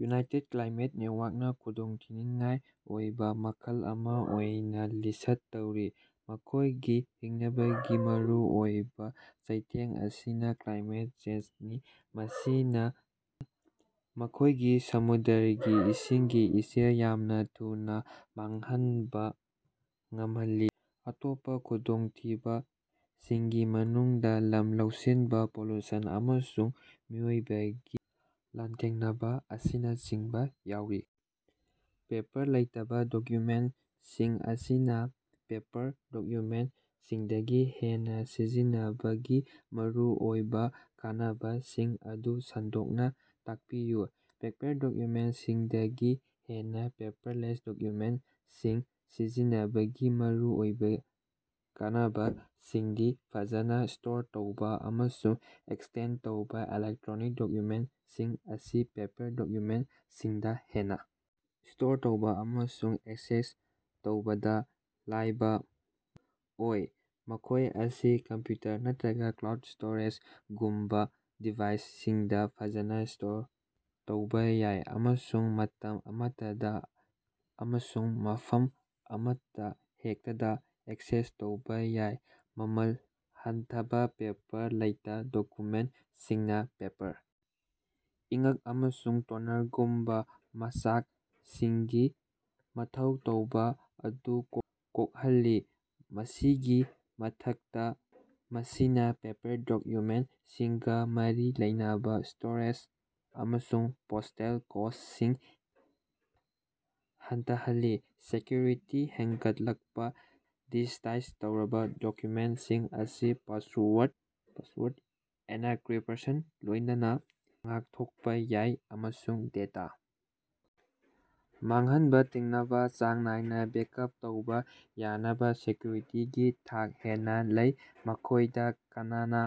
United Climate Network ꯅ ꯈꯨꯗꯣꯡꯊꯤꯅꯤꯡꯉꯥꯏ ꯑꯣꯏꯕ ꯃꯈꯜ ꯑꯃ ꯑꯣꯏꯅ ꯂꯤꯁ꯭ꯠ ꯇꯧꯔꯤ꯫ ꯃꯈꯣꯏꯒꯤ ꯍꯤꯡꯅꯕꯒꯤ ꯃꯔꯨꯑꯣꯏꯕ ꯆꯩꯊꯦꯡ ꯑꯁꯤ ꯀ꯭ꯂꯥꯏꯃꯦꯠ ꯆꯦꯟꯖꯅꯤ꯫ ꯃꯁꯤꯅ ꯃꯈꯣꯏꯒꯤ ꯁꯃꯨꯗ꯭ꯔꯒꯤ ꯏꯁꯤꯡꯒꯤ ꯏꯆꯦꯜ ꯌꯥꯝꯅ ꯊꯨꯅ ꯃꯥꯡꯍꯟꯕ ꯉꯝꯍꯜꯂꯤ꯫ ꯑꯇꯣꯞꯄ ꯈꯨꯗꯣꯡꯊꯤꯕꯁꯤꯡꯒꯤ ꯃꯅꯨꯡꯗ ꯂꯝ ꯂꯧꯁꯤꯟꯕ, ꯄꯣꯂꯨꯁꯟ, ꯑꯃꯁꯨꯡ ꯃꯤꯑꯣꯏꯕꯒ ꯂꯥꯟꯊꯦꯡꯅꯕ ꯑꯁꯤꯅꯆꯤꯡꯕ ꯌꯥꯎꯔꯤ꯫। ꯄꯦꯄꯔ ꯂꯩꯇꯕ ꯗꯣꯛꯌꯨꯃꯦꯟꯇꯁꯤꯡ ꯑꯁꯤꯅ ꯄꯦꯄꯔ ꯗꯣꯛꯌꯨꯃꯦꯟꯇꯁꯤꯡꯗꯒꯤ ꯍꯦꯟꯅ ꯁꯤꯖꯤꯟꯅꯕꯒꯤ ꯃꯔꯨꯑꯣꯏꯕ ꯀꯥꯟꯅꯕꯁꯤꯡ ꯑꯗꯨ ꯁꯟꯗꯣꯛꯅ ꯇꯥꯛꯄꯤꯌꯨ꯫ ꯄꯦꯄꯔ ꯗꯣꯛꯌꯨꯃꯦꯟꯇꯁꯤꯡꯗꯒꯤ ꯍꯦꯟꯅ ꯄꯦꯄꯔꯂꯦꯁ ꯗꯣꯛꯌꯨꯃꯦꯟꯇꯁꯤꯡ ꯁꯤꯖꯤꯟꯅꯕꯒꯤ ꯃꯔꯨꯑꯣꯏꯕ ꯀꯥꯟꯅꯕꯁꯤꯡꯗꯤ: ꯐꯖꯅ ꯁ꯭ꯇꯣꯔ ꯇꯧꯕ ꯑꯃꯁꯨꯡ ꯑꯦꯛꯁꯇꯦꯟ ꯇꯧꯕ: ꯏꯂꯦꯛꯇꯔꯣꯅꯤꯛ ꯗꯣꯛꯌꯨꯃꯦꯟꯇꯁꯤꯡ ꯑꯁꯤ ꯄꯦꯄꯔ ꯗꯣꯛꯌꯨꯃꯦꯟꯇꯁꯤꯡꯗꯒꯤ ꯍꯦꯟꯅ ꯁ꯭ꯇꯣꯔ ꯇꯧꯕ ꯑꯃꯁꯨꯡ ꯑꯦꯛꯁꯦꯁ ꯇꯧꯕꯗ ꯂꯥꯏꯕ ꯑꯣꯏ꯫ ꯃꯈꯣꯏ ꯑꯁꯤ ꯀꯝꯄ꯭ꯌꯨꯇꯔ ꯅꯠꯇ꯭ꯔꯒ ꯀ꯭ꯂꯥꯎꯗ ꯁ꯭ꯇꯣꯔꯦꯖꯒꯨꯝꯕ ꯗꯤꯚꯥꯏꯁꯁꯤꯡꯗ ꯐꯖꯅ ꯁ꯭ꯇꯣꯔ ꯇꯧꯕ ꯌꯥꯏ꯫ ꯑꯃꯁꯨꯡ ꯃꯇꯝ ꯑꯃꯠꯇꯗ ꯑꯃꯁꯨꯡ ꯃꯐꯝ ꯑꯃꯍꯦꯛꯇꯗ ꯑꯦꯛꯁꯦꯁ ꯇꯧꯕ ꯌꯥꯏ꯫ ꯃꯃꯜ ꯍꯟꯊꯕ: ꯄꯦꯄꯔ ꯂꯩꯇ ꯗꯣꯀꯨꯃꯦꯟꯇꯁꯤꯡꯅ ꯄꯦꯄꯔ, ꯏꯉ꯭ꯛ, ꯑꯃꯁꯨꯡ ꯇꯣꯅꯔꯒꯨꯝꯕ ꯃꯆꯥꯛꯁꯤꯡꯒꯤ ꯃꯊꯧ ꯇꯥꯕ ꯑꯗꯨ ꯀꯣꯛꯍꯜꯂꯤ꯫ ꯃꯁꯤꯒꯤ ꯃꯊꯛꯇ ꯃꯁꯤꯅ ꯄꯦꯄꯔ ꯗꯣꯛꯌꯨꯃꯦꯟꯇꯁꯤꯡꯒ ꯃꯔꯤ ꯂꯩꯅꯕ ꯁ꯭ꯇꯣꯔꯦꯖ ꯑꯃꯁꯨꯡ ꯄꯣꯁ꯭ꯇꯦꯜ ꯀꯣꯁ꯭ꯇꯁꯤꯡ ꯍꯟꯊꯍꯜꯂꯤ꯫ ꯁꯦꯛꯌꯨꯔꯤꯇꯤ ꯍꯦꯅꯒꯠꯂꯛꯄ: ꯗꯤꯖꯤꯇꯥꯏꯖ ꯇꯧꯔꯕ ꯗꯣꯛꯌꯨꯃꯦꯟꯇꯁꯤꯡ ꯑꯁꯤ ꯄꯥꯁꯋꯥꯔꯗ, ꯑꯦꯅꯀꯔꯤꯄꯁꯟꯒ ꯂꯣꯏꯅꯅ ꯉꯥꯛꯊꯣꯛꯄ ꯌꯥꯏ ꯫ꯑꯃꯁꯨꯡ ꯗꯦꯇꯥ ꯃꯥꯡꯍꯟꯕ ꯊꯤꯡꯅꯕ ꯆꯥꯡ ꯅꯥꯏꯅ ꯕꯦꯀꯑꯞ ꯇꯧꯕ ꯌꯥꯕꯅ ꯁꯦꯀ꯭ꯌꯨꯔꯤꯇꯤꯒꯤ ꯊꯥꯛ ꯍꯦꯟꯅ ꯂꯩ꯫ ꯃꯈꯣꯢꯗ ꯀꯅꯥꯅ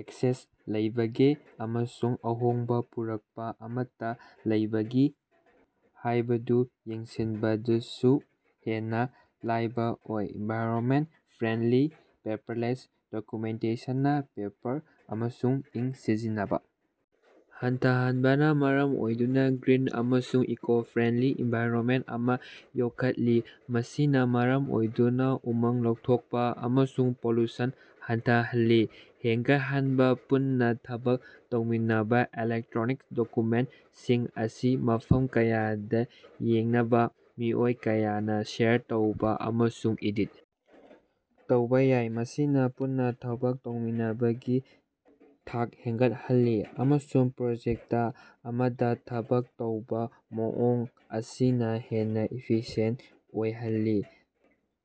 ꯑꯦꯛꯁꯦꯁ ꯂꯩꯕꯒꯦ ꯑꯃꯁꯨꯡ ꯑꯍꯣꯡꯕ ꯄꯨꯔꯛꯄ ꯑꯃꯠꯇ ꯂꯩꯕꯒꯦ ꯍꯥꯏꯕꯗꯨ ꯌꯦꯡꯁꯤꯟꯕꯗꯁꯨ ꯍꯦꯟꯅ ꯂꯥꯏꯕ ꯑꯣꯏ꯫ ꯑꯦꯅꯚꯥꯏꯔꯅꯃꯦꯟꯇ ꯐ꯭ꯔꯦꯟꯗꯂꯤ: ꯄꯦꯄꯔꯂꯦꯁ ꯗꯣꯀꯨꯃꯦꯟꯇꯦꯁꯅꯅ ꯄꯦꯄꯔ ꯑꯃꯁꯨꯡ ꯏꯪ ꯁꯤꯖꯤꯟꯅꯕ ꯍꯟꯊꯍꯅꯕꯅ ꯃꯔꯝ ꯑꯣꯏꯗꯨꯅ ꯒ꯭ꯔꯤꯟ ꯑꯃꯁꯨꯡ ꯏꯀꯣ-ꯐ꯭ꯔꯦꯟꯗꯂꯤ ꯑꯦꯅꯚꯥꯏꯔꯅꯃꯦꯟꯇ ꯑꯃꯥ ꯌꯣꯛꯈꯠꯂꯤ꯫ ꯃꯁꯤꯅ ꯃꯔꯝ ꯑꯣꯏꯗꯨꯅ ꯎꯃꯪ ꯂꯧꯊꯣꯛꯄ ꯑꯃꯁꯨꯡ ꯄꯣꯂꯨꯁꯟ ꯍꯟꯊꯍꯜꯂꯤ꯫ ꯍꯦꯟꯒꯠꯄ ꯄꯨꯟꯅ ꯊꯕꯛ ꯇꯧꯃꯤꯟꯅꯕ: ꯏꯂꯦꯛꯇ꯭ꯔꯣꯅꯤꯛ ꯗꯣꯀꯨꯃꯦꯟꯇꯁꯤꯡ ꯑꯁꯤ ꯃꯐꯝ ꯀꯌꯥꯗ ꯌꯦꯡꯗꯅ ꯃꯤꯑꯣꯏ ꯀꯌꯥꯅ ꯁꯦꯌꯔ ꯇꯧꯕ ꯑꯃꯁꯨꯡ ꯑꯦꯗꯤꯠ ꯇꯧꯕ ꯌꯥꯏ꯫ ꯃꯁꯤꯅ ꯄꯨꯟꯅ ꯊꯕꯛ ꯇꯧꯃꯤꯟꯅꯕꯒꯤ ꯊꯥꯛ ꯍꯦꯟꯒꯠꯍꯜꯂꯤ ꯑꯃꯁꯨꯡ ꯄ꯭ꯔꯣꯖꯦꯛꯇ ꯑꯃꯗ ꯊꯕꯛ ꯇꯧꯕ ꯃꯑꯣꯡ ꯑꯁꯤ ꯍꯦꯟꯅ ꯏꯐꯤꯁꯤꯌꯦꯟꯇ ꯑꯣꯏꯍꯜꯂꯤ꯫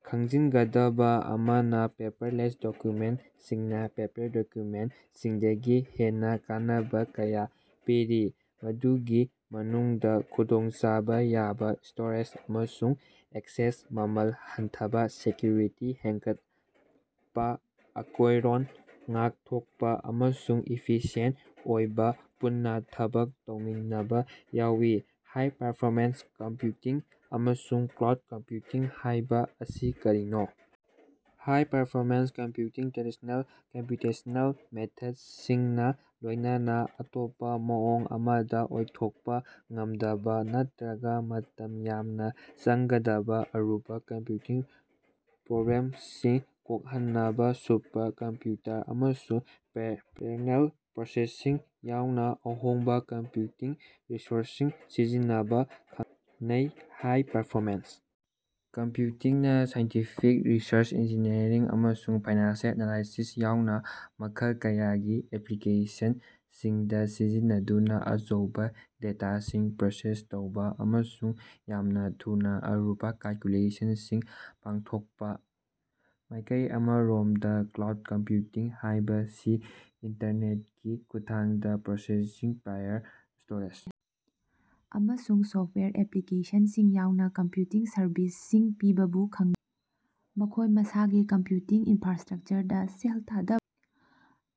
ꯈꯪꯖꯤꯟꯒꯗꯕ ꯑꯃꯅ, ꯄꯦꯄꯔꯂꯦꯁ ꯗꯣꯛꯌꯨꯃꯦꯟꯇꯁꯤꯡꯅꯥ ꯄꯦꯄꯔ ꯗꯣꯛꯌꯨꯃꯦꯟꯇꯁꯤꯡꯗꯒꯤ ꯍꯦꯟꯅ ꯀꯥꯟꯅꯕ ꯀꯌꯥ ꯄꯤꯔꯤ꯫ ꯃꯗꯨꯒꯤ ꯃꯅꯨꯡꯗ ꯈꯨꯗꯣꯡꯆꯥꯕ ꯌꯥꯕ ꯁ꯭ꯇꯣꯔꯦꯖ ꯑꯃꯁꯨꯡ ꯑꯦꯛꯁꯦꯁ, ꯃꯃꯜ ꯍꯟꯊꯕꯥ, ꯁꯦꯀ꯭ꯌꯨꯔꯤꯇꯤ ꯍꯦꯟꯒꯠꯄꯥ, ꯑꯀꯣꯏꯔꯣꯟ ꯉꯥꯛꯊꯣꯛꯄ, ꯑꯃꯁꯨꯡ ꯏꯐꯤꯁꯤꯑꯦꯟꯇ ꯑꯣꯏꯕ ꯄꯨꯟꯅ ꯊꯕꯛ ꯇꯧꯃꯤꯟꯅꯕ ꯌꯥꯎꯏ꯫ ꯍꯥꯏ-ꯄꯥꯔꯐꯣꯔꯃꯦꯟꯁ ꯀꯝꯄ꯭ꯌꯨꯇꯤꯡ ꯑꯃꯁꯨꯡ ꯀ꯭ꯂꯥꯎꯗ ꯀꯝꯄ꯭ꯌꯨꯇꯤꯡ ꯍꯥꯏꯕ ꯑꯁꯤ ꯀꯔꯤꯅꯣ? ꯍꯥꯏ-ꯄꯥꯔꯐꯣꯔꯃꯦꯟꯁ ꯀꯝꯞꯌꯨꯇꯤꯡ ꯇ꯭ꯔꯦꯗꯤꯁ꯭ꯅꯦꯜ ꯀꯝꯄ꯭ꯌꯨꯇꯦꯁ꯭ꯅꯦꯜ ꯃꯦꯊꯗꯁꯤꯡꯅ ꯂꯣꯏꯅꯅ ꯑꯇꯣꯞꯄ ꯃꯑꯣꯡ ꯑꯃꯗ ꯑꯣꯏꯊꯣꯛꯄ ꯉꯝꯗꯕ ꯅꯠꯇ꯭ꯔꯒ ꯃꯇꯝ ꯌꯥꯝꯅ ꯆꯪꯒꯗꯕ ꯑꯔꯨꯕ ꯀꯝꯄ꯭ꯌꯨꯇꯤꯡ ꯄ꯭ꯔꯣꯕ꯭ꯂꯦꯝꯁꯤꯡ ꯀꯣꯛꯍꯟꯅꯕ ꯁꯨꯄꯔ ꯀꯝꯄ꯭ꯨꯌꯇꯔ ꯑꯃꯁꯨꯡ ꯄꯦꯔꯥꯂꯦꯜ ꯄ꯭ꯔꯣꯁꯦꯁꯤꯡ ꯌꯥꯎꯅ ꯑꯍꯣꯡꯕ ꯀꯝꯄ꯭ꯌꯨꯇꯤꯡ ꯔꯤꯁꯣꯔꯁꯁꯤꯡ ꯁꯤꯖꯤꯟꯅꯕꯕꯨ ꯈꯪꯅꯩ꯫ ꯍꯥꯏ ꯄ꯭ꯔꯐꯣꯃꯦꯟꯁ ꯀꯝꯄ꯭ꯌꯨꯇꯤꯡ ꯅꯥ ꯁꯥꯏꯟꯇꯤꯐꯤꯛ ꯔꯤꯁꯔꯆ, ꯏꯟꯖꯤꯅꯤꯌꯔꯤꯡ, ꯑꯃꯁꯨꯡ ꯐꯥꯏꯅꯥꯟꯁꯤꯑꯦꯜ ꯑꯦꯅꯥꯂꯥꯏꯁꯤꯁ ꯌꯥꯎꯅ ꯃꯈꯜ ꯀꯌꯥꯒꯤ ꯑꯦꯞꯂꯤꯀꯦꯁꯟꯁꯤꯡꯗ ꯁꯤꯖꯤꯟꯅꯗꯨꯅ ꯑꯆꯧꯕ ꯗꯦꯇꯥꯁꯤꯡ ꯄ꯭ꯔꯣꯁꯦꯁ ꯇꯧꯕ ꯑꯃꯁꯨꯡ ꯌꯥꯝꯅ ꯊꯨꯅ ꯑꯔꯨꯕ ꯀꯦꯜꯀꯨꯂꯦꯁꯟꯁꯤꯡ ꯄꯥꯡꯊꯣꯛꯏ꯫ ꯃꯥꯏꯀꯩ ꯑꯃꯔꯣꯝꯗ, ꯀ꯭ꯂꯥꯎꯗ ꯀꯝꯄ꯭ꯌꯨꯇꯤꯡ ꯍꯥꯏꯕꯁꯤ ꯏꯟꯇꯔꯅꯦꯠꯀꯤ ꯈꯨꯠꯊꯥꯡꯗ ꯄ꯭ꯔꯣꯁꯦꯁꯤꯡ ꯄꯥꯋꯔ, ꯁ꯭ꯇꯣꯔꯦꯖ, ꯑꯃꯁꯨꯡ ꯁꯣꯐꯇꯋꯥꯌꯔ ꯑꯦꯞꯂꯤꯀꯦꯁꯟꯁꯤꯡ ꯌꯥꯎꯅ ꯀꯝꯄ꯭ꯌꯨꯇꯤꯡ ꯁꯔꯚꯤꯁꯁꯤꯡ ꯄꯤꯕꯕꯨ ꯈꯪꯅꯩ꯫ ꯃꯈꯣꯏ ꯃꯁꯥꯒꯤ ꯀꯝꯄ꯭ꯌꯨꯇꯤꯡ ꯏꯟꯐ꯭ꯔꯥꯁ꯭ꯇꯔꯛꯆꯔꯗ ꯁꯦꯜ ꯊꯥꯗꯕ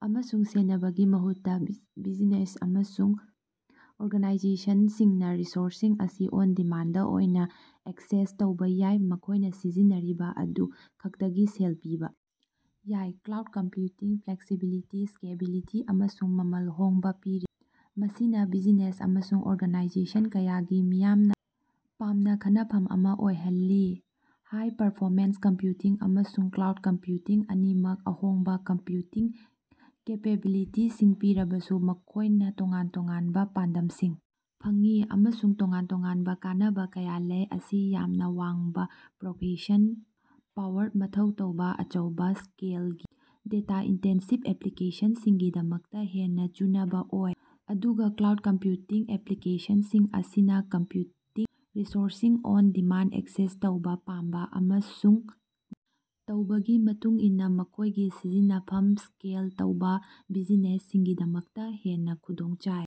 ꯑꯃꯁꯨꯡ ꯁꯦꯟꯅꯕꯒꯤ ꯃꯍꯨꯠꯇ ꯕꯤꯖꯤꯅꯦꯁꯁꯤꯡ ꯑꯃꯁꯨꯡ ꯑꯣꯔꯒꯅꯥꯏꯖꯦꯁꯟꯁꯤꯡꯅ ꯔꯤꯁꯣꯔꯁꯁꯤꯡ ꯑꯁꯤ ꯑꯣꯟ-ꯗꯤꯃꯥꯟꯗ ꯑꯣꯏꯅ ꯑꯦꯛꯁꯦꯁ ꯇꯧꯕ ꯌꯥꯏ꯫ ꯃꯈꯣꯏꯅ ꯁꯤꯖꯤꯟꯅꯔꯤꯕ ꯑꯗꯨ ꯈꯛꯇꯒꯤ ꯁꯦꯜ ꯄꯤꯕ ꯌꯥꯏ꯫ ꯀ꯭ꯂꯥꯎꯗ ꯀꯝꯄ꯭ꯌꯨꯇꯤꯡꯅ ꯐ꯭ꯂꯦꯛꯁꯤꯕꯤꯂꯤꯇꯤ, ꯁ꯭ꯀꯦꯂꯦꯕꯤꯂꯤꯇꯤ, ꯑꯃꯁꯨꯡ ꯃꯃꯜ ꯍꯣꯡꯕ ꯄꯤꯔꯤ꯫ ꯃꯁꯤꯅ ꯕꯤꯖꯤꯅꯦꯁ ꯑꯃꯁꯨꯡ ꯑꯣꯔꯒꯅꯥꯏꯖꯦꯁꯟ ꯀꯌꯥꯒꯤ ꯃꯤꯌꯥꯝꯅ ꯄꯥꯝꯅꯕ ꯈꯟꯐꯝ ꯑꯃ ꯑꯣꯏꯍꯜꯂꯤ꯫ ꯍꯥꯏ-ꯄꯥꯔꯐꯣꯔꯃꯦꯟꯁ ꯀꯝꯞꯌꯨꯇꯤꯡ ꯑꯃꯁꯨꯡ ꯀ꯭ꯂꯥꯎꯗ ꯀꯝꯞꯌꯨꯇꯤꯡ ꯑꯅꯤꯃꯛꯅ ꯑꯍꯣꯡꯕ ꯀꯝꯞꯌꯨꯇꯤꯡ ꯀꯦꯄꯦꯕꯤꯂꯤꯇꯤꯁꯤꯡ ꯄꯤꯔꯕꯁꯨ ꯃꯈꯣꯏꯅ ꯇꯣꯉꯥꯟ ꯇꯣꯉꯥꯟꯕ ꯄꯥꯟꯗꯝꯁꯤꯡ ꯐꯪꯏ꯫ ꯑꯃꯁꯨꯡ ꯇꯣꯉꯥꯟ ꯇꯣꯉꯥꯟꯕ ꯀꯥꯟꯅꯕ ꯀꯌꯥ ꯂꯩ꯫ ꯑꯁꯤ ꯌꯥꯝꯅ ꯋꯥꯡꯕ ꯄ꯭ꯔꯣꯁꯦꯁꯤꯡ ꯄꯥꯋꯔ ꯃꯊꯧ ꯇꯥꯕ ꯑꯆꯧꯕ ꯁ꯭ꯀꯦꯜꯒꯤ, ꯗꯦꯇꯥ-ꯏꯟꯇꯦꯟꯁꯤꯚ ꯑꯦꯞꯂꯤꯀꯦꯁꯟꯁꯤꯡꯒꯤꯗꯃꯛꯇ ꯍꯦꯟꯅ ꯆꯨꯅꯕ ꯑꯣꯏ꯫ ꯑꯗꯨꯒ ꯀ꯭ꯂꯥꯎꯗ ꯀꯝꯄ꯭ꯌꯨꯇꯤꯡ ꯑꯁꯤꯅ ꯀꯝꯄ꯭ꯌꯨꯇꯤꯡ ꯔꯤꯁꯣꯔꯁꯁꯤꯡ ꯑꯣꯟ-ꯗꯤꯃꯥꯟꯗ ꯑꯦꯛꯁꯦꯁ ꯇꯧꯕ ꯄꯥꯝꯕ ꯑꯃꯁꯨꯡ ꯃꯊꯧ ꯇꯧꯕꯒꯤ ꯃꯇꯨꯡꯏꯟꯅ ꯃꯈꯣꯢꯒꯤ ꯁꯤꯖꯤꯟꯅꯐꯝ ꯁ꯭ꯀꯦꯜ ꯇꯧꯕ ꯄꯥꯝꯕ ꯕꯤꯖꯤꯅꯦꯁꯁꯤꯡꯒꯤꯗꯃꯛꯇ ꯍꯦꯟꯅ ꯈꯨꯗꯣꯡꯆꯥꯏ꯫